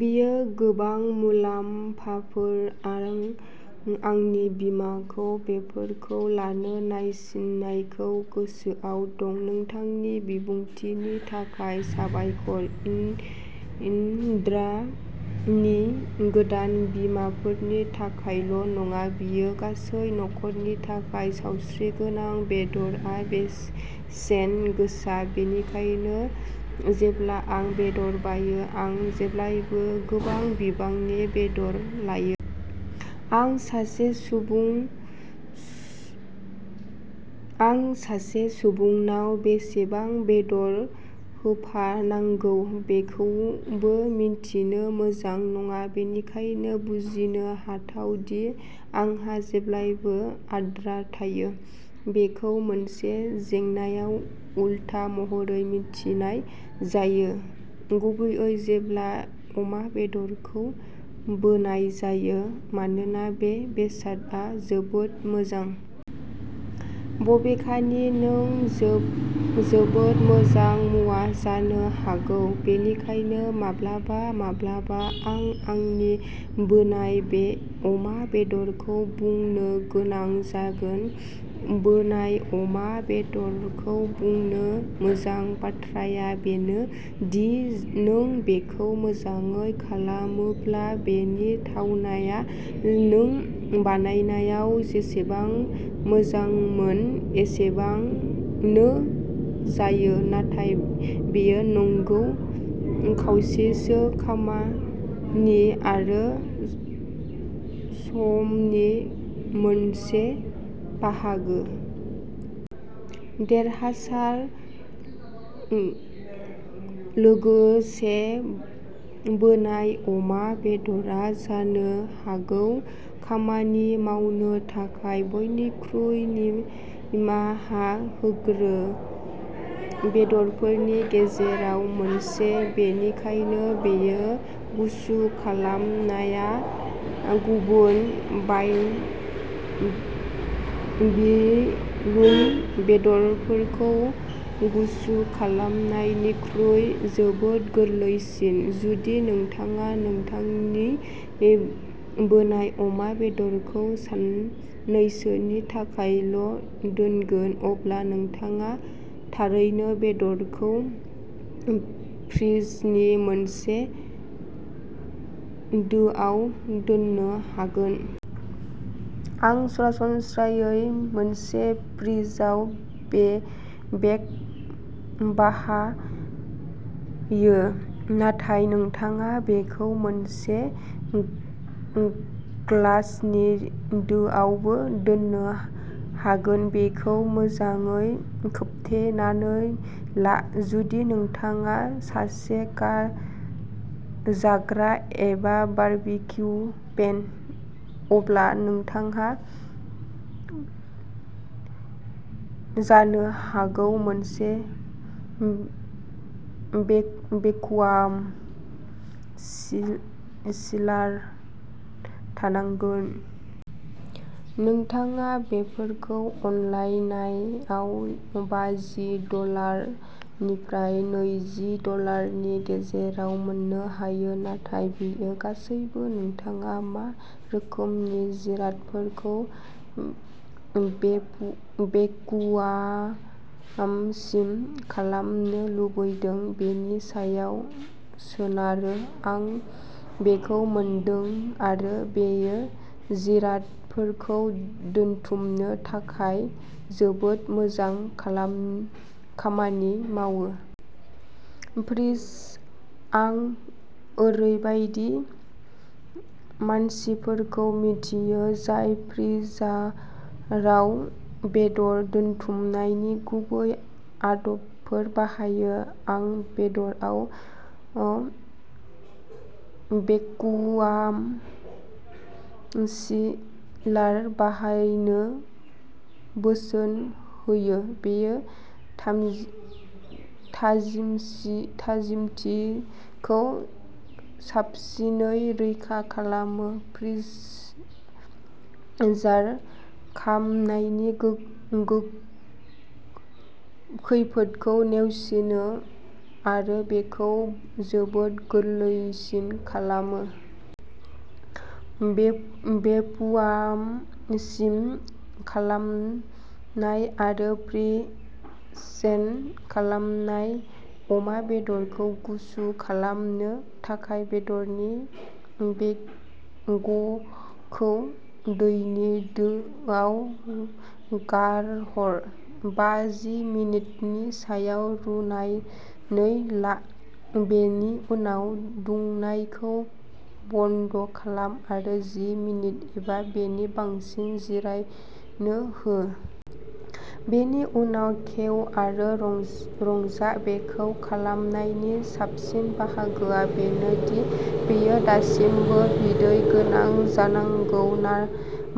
बेयो गोबां मुलाम्फाफोर आं आंनि बिमाखौ बेफोरखौ लानो नायसिननायखौ गोसोआव दं। नोंथांनि बिबुंथिनि थाखाय साबायखर इन इन्द्राणी। गोदान बिमाफोरनि थाखायल' नङा, बेयो गासै नखरनि थाखाय सावस्रिगोनां। बेदरआ बेसेन गोसा, बेनिखायनो जेब्ला आं बेदर बायो आं जेब्लायबो गोबां बिबांनि बेदर लायो। आं सासे सुबुं आं सासे सुबुंनाव बेसेबां बेदर होफानांगौ बेखौबो मिन्थिनो मोजां नङा। बेनिखायनो, बुजिनो हाथाव दि आंहा जेब्लायबो आद्रा थायो। बेखौ मोनसे जेंनायाव उलथा महरै मिथिनाय जायो, गुबैयै जेब्ला अमा बेदरखौ बोनाय जायो मानोना बे बेसादआ जोबोद मोजां। बबेखानि, नों जोब जोबोद मोजां मुवा जानो हागौ बेनिखायनो माब्लाबा-माब्लाबा आं आंनि बोनाय बे अमा बेदरखौ बुंनो गोनां जागोन। बोनाय अमा बेदरखौ बुंनो मोजां बाथ्राया बेनो दि नों बेखौ मोजाङै खालामोब्ला, बेनि थावनाया नों बानायनायाव जेसेबां मोजांमोन एसेबांनो जायो, नाथाय बेयो नंगौ खावसेसो खामानि आरो समनि मोनसे बाहागो। देरहासार लोगोसे, बोनाय अमा बेदरआ जानो हागौ खामानि मावनो थाखाय बयनिख्रुइ निमाहा होग्रो बेदरफोरनि गेजेराव मोनसे, बेनिखायनो बेयो गुसु खालामनाया गुबुन बायबिग्यु बेदरफोरखौ गुसु खालामनायनिख्रुइ जोबोद गोरलैसिन। जुदि नोंथाङा नोंथांनि बोनाय बे अमा बेदरखौ साननैसोनि थाखायल' दोनगोन, अब्ला नोंथाङा थारैनो बेदरखौ फ्रिजनि मोनसे दोआव दोननो हागोन। आं सरासनस्रायै मोनसे फ्रिजाव बे बेग बाहायो, नाथाय नोंथाङा बेखौ मोनसे ग्लासनि दोआवबो दोननो हागोन बेखौ मोजाङै खोबथेनानै ला। जुदि नोंथाङा सासे गा जाग्रा एबा बारबिक्यु फेन, अब्ला नोंथांहा जानो हागौ मोनसे भेक भेकुवाम सिल सिलार थानांगोन। नोंथाङा बेफोरखौ अनलाइनायआव बाजि डलार निफ्राय नैजि डलारनि गेजेराव मोननो हायो, नाथाय बेयो गासिबो नोंथाङा मा रोखोमनि जिरादफोरखौ भेकु भेकुवाम सिम खालामनो लुबैदों बेनि सायाव सोनारो। आं बेखौ मोनदों, आरो बेयो जिरादफोरखौ दोनथुमनो थाखाय जोबोद मोजां खामानि मावो। फ्रिज आं ओरैबायदि मानसिफोरखौ मिथियो, जाय फ्रिजाराव बेदर दोनथुमनायनि गुबै आदबफोर बाहायो, आं बेदराव भेकुवाम सिलार बाहायनो बोसोन होयो। बेयो थाजिमथिखौ साबसिनै रैखा खालामो, फ्रिजार खामनायनि खैफोदखौ नेवसिनो, आरो बेखौ जोबोद गोरलैसिन खालामो। भेप भेपुवाम सिम खालामनाय आरो फ्रिजेन खालामनाय अमा बेदरखौ गुसु खालामनो थाखाय, बेदरनि बेगगुखौ दैनि दोआव गारहर, बा-जि मिनिटनि थाखाय रुनानै ला, बेनि उनाव दुंनायखौ बन्द खालाम आरो जि मिनिट एबा बेनि बांसिन जिरायनो हो। बेनि उनाव खेव आरो रंजा, बेखौ खालामनायनि साबसिन बाहागोआ बेनो दि बेयो दासिमबो बिदै गोनां जानांगौ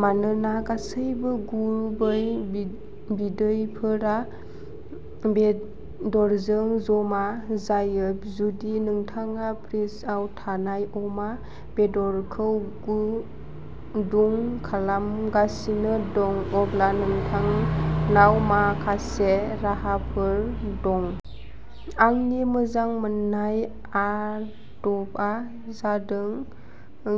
मानोना गासैबो गुबै बिदैफोरा बेदरजों जमा जायो। जुदि नोंथाङा फ्रिजआव थानाय अमा बेदरखौ गुदुं खालामगासिनो दं, अब्ला नोंथांनाव माखासे राहाफोर दं। आंनि मोजां मोननाय आदबा जादों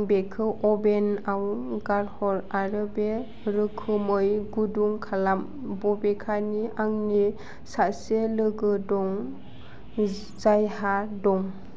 बेखौ अभेनआव गारहर आरो बे रोखोमै गुदुं खालाम, बबेखानि आंनि सासे लोगो दं जायहा दं।